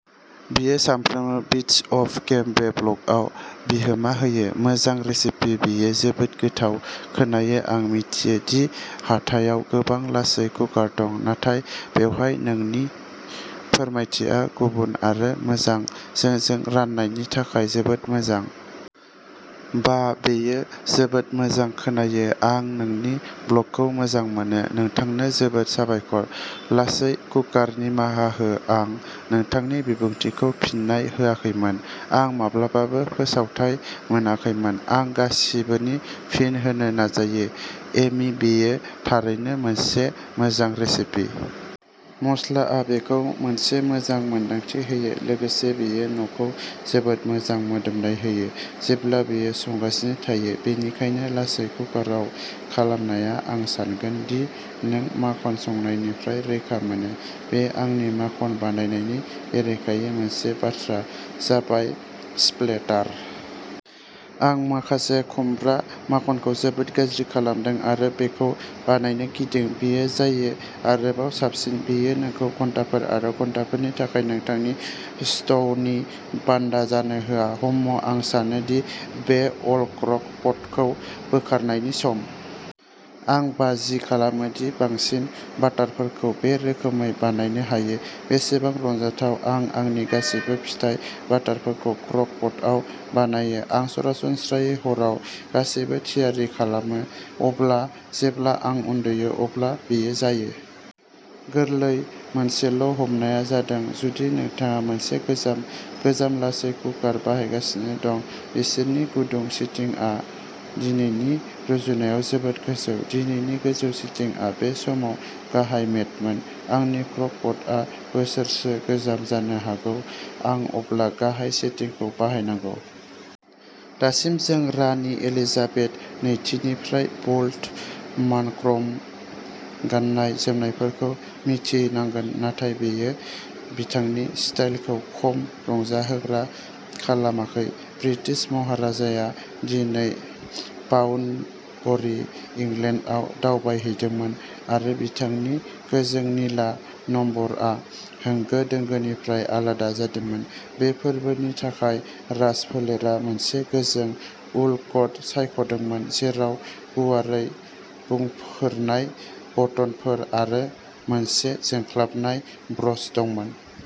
बियो सानफ्रोमबो beads of केम्बे ब्लगआव बिहोमा होयो। मोजां रेसिपि! बेयो जोबोद गोथाव खोनायो। आं मिथियो दि हाथायाव गोबां लासै कुकार दं, नाथाय बेवहाय नोंनि फोरमायथिया गुबुन आरो मोजां। जोंजों राननायनि थाखाय जोबोद मोजां! बाह, बेयो जोबोद मोजां खोनायो! आं नोंनि ब्लगखौ मोजां मोनो! नोंथांनो जोबोद साबायखर! लासै कुकार, निमाहा हो, आं नोंथांनि बिबुंथिखौ फिननाय होआखैमोन, आं माब्लाबाबो फोसावथाइ मोनाखैमोन! आं गासिबोनो फिन होनो नाजायो!: एमी, बेयो थारैनो मोनसे मोजां रेसिपि!! मस्लाआ बेखौ मोनसे मोजां मोनदांथि होयो, लोगोसे बेयो न'खौ जोबोद मोजां मोदोमनाय होयो जेब्ला बेयो संगासिनो थायो! बेनिखायनो लासै कुकाराव खालामनाया-आं सानगोन दि नों माखन संनायनिफ्राय रैखा मोनो? बे आंनि माखन बानायनायनि बेरेखायै मोनसे बाथ्रा जाबाय स्प्लेटार। आं माखासे खुमब्रा माखनखौ जोबोद गाज्रि खामदों आरो बेखौ बानायनो गिदों। बेयो जायो! आरोबाव साबसिन! बेयो नोंखौ घन्टाफोर आरो घन्टाफोरनि थाखाय नोंथांनि स्ट'वनि बान्दा जानो होआ!!! हम्म, आं सानो दि बे'अल क्र'क पट'खौ बोखारनायनि सम! आं बाजि खालामो दि बांसिन बाटारफोरखौ बे रोखोमै बानायनो हायो। बेसेबां रंजाथाव!!!! आं आंनि गासैबो फिथाइ बाटारफोरखौ क्र'क पटआव बानायो! आं सरासनस्रायै हराव गासैबो थियारि खालामो, अब्ला जेब्ला आं उन्दुयो अब्ला बेयो जायो! गोरलै! मोनसेल'हमनाया जादों जुदि नोंथाङा मोनसे गोजाम/गोजाम लासै कुकार बाहायगासिनो दं। बिसोरनि गुदुं सेटिंआ दिनैनि रुजुनायाव जोबोद गोजौ। दिनैनि गोजौ सेटिंआ बै समाव गाहाय-मेडमोन! आंनि क्र'क पटआ बोसोरसो गोजाम-जानो हागौ आं अब्ला गाहाय सेटिंखौ बाहायनांगौ? दासिम जों रानि एलिजाबेथ नैथिनिफ्राय बोल्ड मन'क्र'म गाननाय-जोमनायफोरखौ मिजिंथिनांगोन, नाथाय बेयो बिथांनि स्टाइलखौ खम रंजाहोग्रा खालामाखै। ब्रिटिश महाराजाया दिनै पाउन्डबरी, इंलेन्डआव दावबायहैदोंमोन, आरो बिथांनि गोजों निला नम्बरआ होंगो-दोंगोनिफ्राय आलादा जादोंमोन। बे फोरबोनि थाखाय, राजफोलेरा मोनसे गोजों उल कट सायख'दोंमोन जेराव गुवारै बुंफोरनाय बटनफोर आरो मोनसे जोंख्लाबनाय ब्र'च दंमोन।